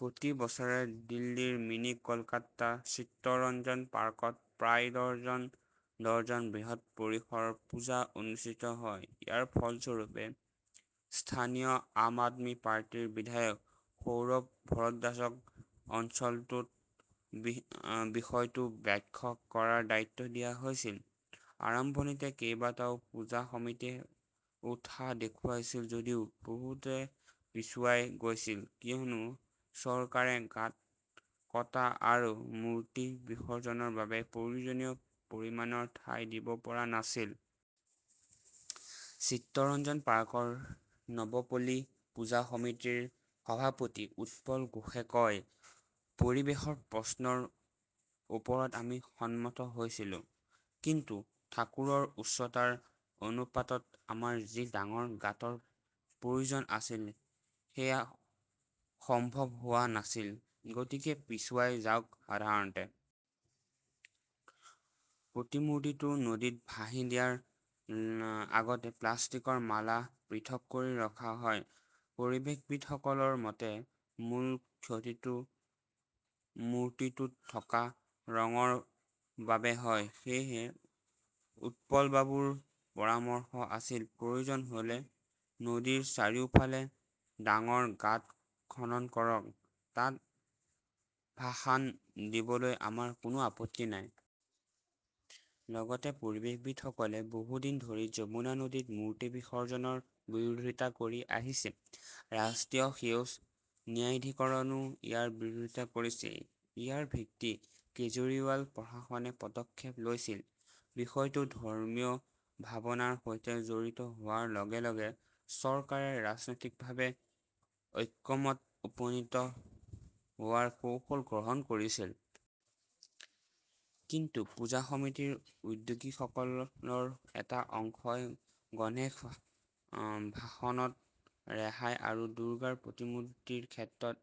প্ৰতি বছৰে দিল্লীৰ মিনি কলকাতা চিত্তৰঞ্জন পাৰ্কত প্ৰায় ডজন, ডজন বৃহৎ পৰিসৰ পূজা অনুষ্ঠিত হয়। ইয়াৰ ফলস্বৰূপে স্থানীয় আম আদমি পাৰ্টিৰ বিধায়ক সৌৰভ ভৰদ্বাজক অঞ্চলটোত বিষয়টো ব্যাখ্যা কৰাৰ দায়িত্ব দিয়া হৈছিল। আৰম্ভণিতে কেইবাটাও পূজা সমিতিয়ে উৎসাহ দেখুৱাইছিল যদিও বহুতে পিছুৱাই গৈছিল কিয়নো চৰকাৰে গাঁত কটা আৰু মূৰ্তি বিসৰ্জনৰ বাবে প্ৰয়োজনীয় পৰিমাণৰ ঠাই দিব পৰা নাছিল। চিত্ৰৰঞ্জন পাৰ্কৰ নৱ পল্লী পূজা সমিতিৰ সভাপতি উৎপল ঘোষে কয়, পৰিৱেশৰ প্ৰশ্নৰ ওপৰত আমি সন্মত হৈছিলো। কিন্তু ঠাকুৰৰ উচ্চতাৰ অনুপাতত আমাৰ যি ডাঙৰ গাঁতৰ প্ৰয়োজন আছিল সেয়া সম্ভৱ হোৱা নাছিল। গতিকে পিছুৱাই যাওক। সাধাৰণতে প্ৰতিমূৰ্তিটো নদীত ভাহি দিয়াৰ আগতে প্লাষ্টিকৰ মালা পৃথক কৰি ৰখা হয়। পৰিৱেশবিদসকলৰ মতে মূল ক্ষতিটো মূৰ্তিটোত থকা ৰঙৰ বাবে হয়। সেয়েহে উৎপলবাবুৰ পৰামৰ্শ আছিল, প্ৰয়োজন হলে নদীৰ চাৰিওফালে ডাঙৰ গাঁত খনন কৰক। তাত ভাসান দিবলৈ আমাৰ কোনো আপত্তি নাই। লগতে পৰিৱেশবিদসকলে বহু দিন ধৰি যমুনা নদীত মূৰ্তি বিসৰ্জনৰ বিৰোধিতা কৰি আহিছে। ৰাষ্ট্ৰীয় সেউজ ন্যায়াধিকৰণো ইয়াৰ বিৰোধিতা কৰিছিল। ইয়াৰ ভিত্তিত কেজৰিৱাল প্ৰশাসনে পদক্ষেপ লৈছিল। বিষয়টো ধৰ্মীয় ভাৱনাৰ সৈতে জড়িত হোৱাৰ লগে লগে চৰকাৰে ৰাজনৈতিকভাৱে ঐক্যমত উপনীত হোৱাৰ কৌশল গ্ৰহণ কৰিছিল। কিন্তু পূজা সমিতিৰ উদ্যোগীসকলৰ এটা অংশই গণেশ ভাসনত ৰেহাই আৰু দুৰ্গাৰ প্ৰতিমূৰ্তিৰ ক্ষেত্ৰত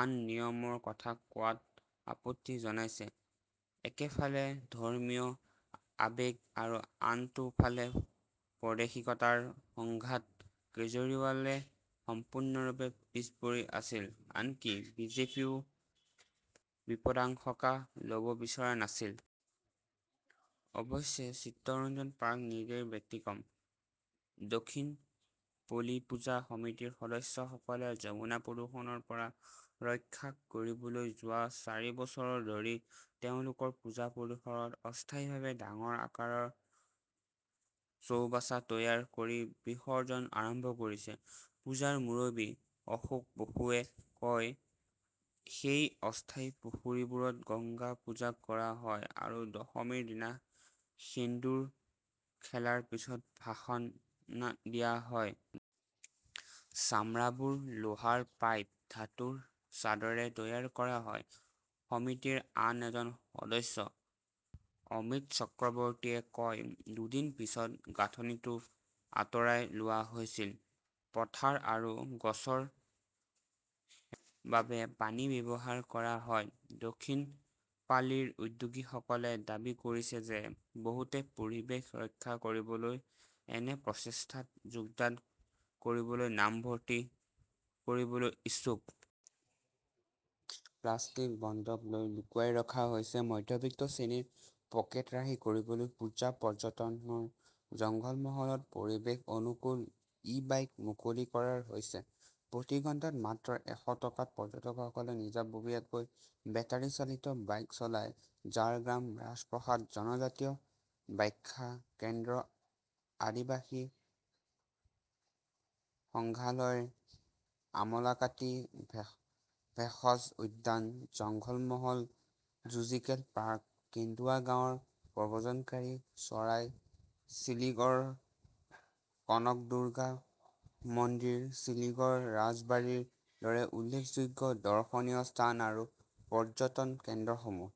আন নিয়মৰ কথা কোৱাত আপত্তি জনাইছে। একেফালে ধৰ্মীয় আৱেগ আৰু আনটো ফালে প্ৰাদেশিকতাৰ সংঘাত-কেজৰিৱালে সম্পূৰ্ণৰূপে পিছ পৰি আছিল। আনকি বিজেপিয়েও বিপদানশকা লব বিচৰা নাছিল। অৱশ্যে, চিত্তৰঞ্জন পাৰ্ক নিজেই ব্যতিক্ৰম। দক্ষিণ পল্লী পূজা সমিতিৰ সদস্যসকলে যমুনা প্ৰদূষণৰ পৰা ৰক্ষা কৰিবলৈ যোৱা চাৰি বছৰ ধৰি তেওঁলোকৰ পূজা পৰিসৰত অস্থায়ীভাৱে ডাঙৰ আকাৰৰ চৌবাচা তৈয়াৰ কৰি বিসৰ্জন আৰম্ভ কৰিছে। পূজাৰ মুৰব্বী অশোক বসুৱে কয়, সেই অস্থায়ী পুখুৰীবোৰত গংগা পূজা কৰা হয় আৰু দশমীৰ দিনা সেন্দুৰ খেলাৰ পিছত ভাসন দিয়া হয়। চামৰাবোৰ লোহাৰ পাইপ, ধাতুৰ চাদৰেৰে তৈয়াৰ কৰা হয়। সমিতিৰ আন এজন সদস্য অমিত চক্ৰৱৰ্তীয়ে কয়, দুদিন পিছত গাঁথনিটো আঁতৰাই লোৱা হৈছিল। পথাৰ আৰু গছৰ বাবে পানী ব্যৱহাৰ কৰা হয়। দক্ষিণ পালিৰ উদ্যোগীসকলে দাবী কৰিছে যে বহুতে পৰিৱেশ ৰক্ষা কৰিবলৈ এনে প্ৰচেষ্টাত যোগদান কৰিবলৈ নামভৰ্তি কৰিবলৈ ইচ্ছুক। প্লাষ্টিক বন্ধক লৈ লুকুৱাই ৰখা হৈছে মধ্যবিত্ত শ্ৰেণীৰ পকেট ৰাহি কৰিবলৈ পূজা পৰ্যটনৰ জংঘলমহলত পৰিৱেশ অনুকূল ই-বাইক মুকলি কৰা হৈছে। প্ৰতি ঘণ্টাত মাত্ৰ এশ টকাত পৰ্যটকসকলে নিজাববীয়াকৈ বেটাৰি-চালিত বাইক চলাই ঝাৰগ্ৰাম ৰাজপ্ৰাসাদ, জনজাতীয় ব্যাখ্যা কেন্দ্ৰ, আদিবাসী সংঘালয়, আমলাকটি ভেষজ উদ্যান, জঙ্গলমহল জুজিকেল পাৰ্ক, কেন্দুৱা গাঁৱৰ প্ৰব্ৰজনকাৰী চৰাই, চিলিগড়ৰ কনকদুৰ্গা মন্দিৰ, চিলিগড় ৰাজবাৰীৰ দৰে উল্লেখযোগ্য দৰ্শনীয় স্থান আৰু পৰ্যটন কেন্দ্ৰসমূহ।